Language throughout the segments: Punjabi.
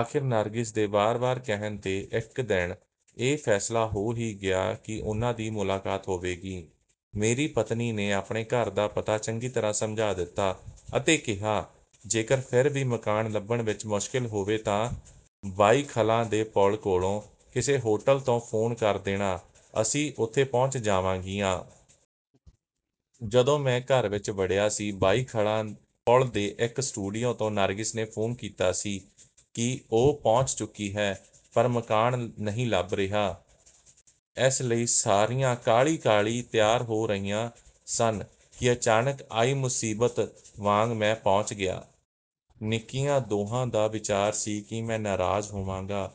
ਅਖੀਰ ਨਰਗਿਸ ਦੇ ਵਾਰ ਵਾਰ ਕਹਿਣ 'ਤੇ ਇੱਕ ਦਿਨ ਇਹ ਫ਼ੈਸਲਾ ਹੋ ਗਿਆ ਕਿ ਉਨ੍ਹਾਂ ਦੀ ਮੁਲਾਕਾਤ ਹੋਵੇਗੀ। ਮੇਰੀ ਪਤਨੀ ਨੇ ਆਪਣੇ ਘਰ ਦਾ ਪਤਾ ਚੰਗੀ ਤਰ੍ਹਾਂ ਸਮਝਾ ਦਿੱਤਾ ਅਤੇ ਕਿਹਾ, ਜੇਕਰ ਫਿਰ ਵੀ ਮਕਾਨ ਲੱਭਣ ਵਿੱਚ ਮੁਸ਼ਕਲ ਹੋਵੇ ਤਾਂ ਬਾਈਖਲਾ ਦੇ ਪੁਲ ਕੋਲੋਂ ਕਿਸੇ ਹੋਟਲ ਤੋਂ ਫੋਨ ਕਰ ਦੇਣਾ, ਅਸੀਂ ਉੱਥੇ ਪਹੁੰਚ ਜਾਵਾਂਗੀਆਂ। ਜਦੋਂ ਮੈਂ ਘਰ ਵਿੱਚ ਵੜਿਆ ਸੀ, ਬਾਈਖਲਾ ਪੁਲ ਦੇ ਇੱਕ ਸਟੂਡੀਓ ਤੋਂ ਨਰਗਿਸ ਨੇ ਫੋਨ ਕੀਤਾ ਸੀ ਕਿ ਉਹ ਪਹੁੰਚ ਚੁੱਕੀ ਏ, ਪਰ ਮਕਾਨ ਨਹੀਂ ਲੱਭ ਰਿਹਾ। ਇਸ ਲਈ ਸਾਰੀਆਂ ਕਾਹਲੀ ਕਾਹਲੀ ਤਿਆਰ ਹੋ ਰਹੀਆਂ ਸਨ ਕਿ ਅਚਾਨਕ ਆਈ ਮੁਸੀਬਤ ਵਾਂਗ ਮੈਂ ਪਹੁੰਚ ਗਿਆ। ਨਿੱਕੀਆਂ ਦੋਹਾਂ ਦਾ ਵਿਚਾਰ ਸੀ ਕਿ ਮੈਂ ਨਾਰਾਜ਼ ਹੋਵਾਂਗਾ।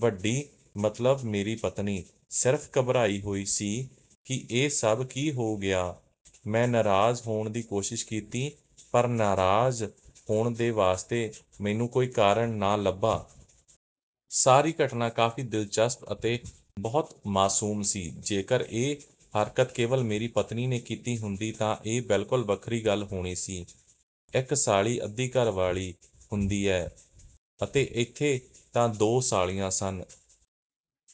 ਵੱਡੀ, ਮਤਲਬ ਮੇਰੀ ਪਤਨੀ, ਸਿਰਫ਼ ਘਬਰਾਈ ਹੋਈ ਸੀ ਕਿ ਇਹ ਸਭ ਕੀ ਹੋ ਗਿਆ। ਮੈਂ ਨਾਰਾਜ਼ ਹੋਣ ਦੀ ਕੋਸ਼ਿਸ਼ ਕੀਤੀ, ਪਰ ਨਾਰਾਜ਼ ਹੋਣ ਵਾਸਤੇ ਮੈਨੂੰ ਕੋਈ ਕਾਰਨ ਨਾ ਲੱਭਾ। ਸਾਰੀ ਘਟਨਾ ਕਾਫ਼ੀ ਦਿਲਚਸਪ ਅਤੇ ਬਹੁਤ ਮਾਸੂਮ ਸੀ। ਜੇਕਰ ਇਹ ਹਰਕਤ ਕੇਵਲ ਮੇਰੀ ਪਤਨੀ ਨੇ ਕੀਤੀ ਹੁੰਦੀ ਤਾਂ ਇਹ ਬਿਲਕੁਲ ਵੱਖਰੀ ਗੱਲ ਹੋਣੀ ਸੀ। ਇੱਕ ਸਾਲੀ ਅੱਧੀ ਘਰ ਵਾਲੀ ਹੁੰਦੀ ਏ ਅਤੇ ਇੱਥੇ ਤਾਂ ਦੋ ਸਾਲੀਆਂ ਸਨ।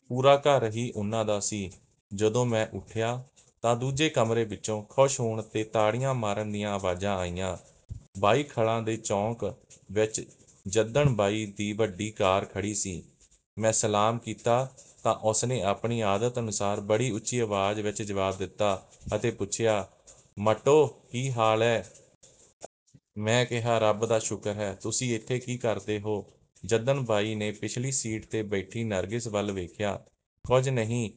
ਪੂਰਾ ਘਰ ਹੀ ਉਨ੍ਹਾਂ ਦਾ ਸੀ। ਜਦੋਂ ਮੈਂ ਉੱਠਿਆ ਤਾਂ ਦੂਜੇ ਕਮਰੇ ਵਿੱਚੋਂ ਖੁਸ਼ ਹੋਣ 'ਤੇ ਤਾੜੀਆਂ ਮਾਰਨ ਦੀਆਂ ਆਵਾਜ਼ਾਂ ਆਈਆਂ। ਬਾਈਖਲਾ ਦੇ ਚੌਕ ਵਿੱਚ ਜੱਦਨ ਬਾਈ ਦੀ ਵੱਡੀ ਕਾਰ ਖੜ੍ਹੀ ਸੀ। ਮੈਂ ਸਲਾਮ ਕੀਤਾ ਤਾਂ ਉਸ ਨੇ ਆਪਣੀ ਆਦਤ ਅਨੁਸਾਰ ਬੜੀ ਉੱਚੀ ਆਵਾਜ਼ ਵਿੱਚ ਜਵਾਬ ਦਿੱਤਾ ਅਤੇ ਪੁੱਛਿਆ, ਮੰਟੋ ਕੀ ਹਾਲ ਏ? ਮੈਂ ਕਿਹਾ, ਰੱਬ ਦਾ ਸ਼ੁਕਰ ਏ। ਤੁਸੀਂ ਏਥੇ ਕੀ ਕਰਦੇ ਹੋ? ਜੱਦਨ ਬਾਈ ਨੇ ਪਿਛਲੀ ਸੀਟ 'ਤੇ ਬੈਠੀ ਨਰਗਿਸ ਵੱਲ ਵੇਖਿਆ, ਕੁਝ ਨਹੀਂ।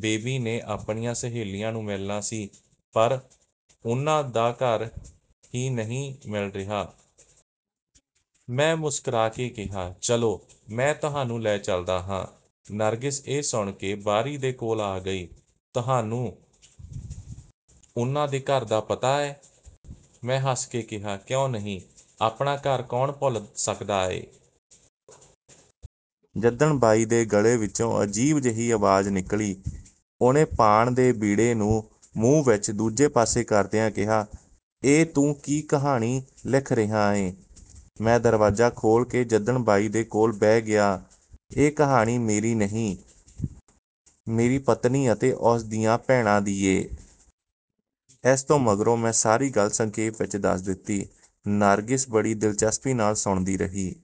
ਬੇਬੀ ਨੇ ਆਪਣੀਆਂ ਸਹੇਲੀਆਂ ਨੂੰ ਮਿਲਣਾ ਸੀ, ਪਰ ਉਨ੍ਹਾਂ ਦਾ ਘਰ ਹੀ ਨਹੀਂ ਮਿਲ ਰਿਹਾ। ਮੈਂ ਮੁਸਕਰਾ ਕੇ ਕਿਹਾ, ਚਲੋ, ਮੈਂ ਤੁਹਾਨੂੰ ਲੈ ਚਲਦਾ ਹਾਂ। ਨਰਗਿਸ ਇਹ ਸੁਣ ਕੇ ਬਾਰੀ ਦੇ ਕੋਲ ਆ ਗਈ, ਤੁਹਾਨੂੰ ਉਨ੍ਹਾਂ ਦੇ ਘਰ ਦਾ ਪਤਾ ਏ? ਮੈਂ ਹੱਸ ਕੇ ਕਿਹਾ, ਕਿਉਂ ਨਹੀਂ, ਆਪਣਾ ਘਰ ਕੌਣ ਭੁੱਲ ਸਕਦਾ ਏ? ਜੱਦਨ ਬਾਈ ਦੇ ਗਲੇ ਵਿੱਚੋਂ ਅਜੀਬ ਜਿਹੀ ਆਵਾਜ਼ ਨਿਕਲੀ। ਉਹਨੇ ਪਾਨ ਦੇ ਬੀੜੇ ਨੂੰ ਮੂੰਹ ਵਿੱਚ ਦੂਜੇ ਪਾਸੇ ਕਰਦਿਆਂ ਕਿਹਾ, ਇਹ ਤੂੰ ਕੀ ਕਹਾਣੀ ਲਿਖ ਰਿਹਾ ਏਂ? ਮੈਂ ਦਰਵਾਜ਼ਾ ਖੋਲ੍ਹ ਕੇ ਜੱਦਨ ਬਾਈ ਦੇ ਕੋਲ ਬਹਿ ਗਿਆ, ਇਹ ਕਹਾਣੀ ਮੇਰੀ ਨਹੀਂ, ਮੇਰੀ ਪਤਨੀ ਅਤੇ ਉਸ ਦੀਆਂ ਭੈਣਾਂ ਦੀ ਏ। ਇਸ ਤੋਂ ਮਗਰੋਂ ਮੈਂ ਸਾਰੀ ਗੱਲ ਸੰਖੇਪ ਵਿੱਚ ਦੱਸ ਦਿੱਤੀ। ਨਰਗਿਸ ਬੜੀ ਦਿਲਚਸਪੀ ਨਾਲ ਸੁਣਦੀ ਰਹੀ।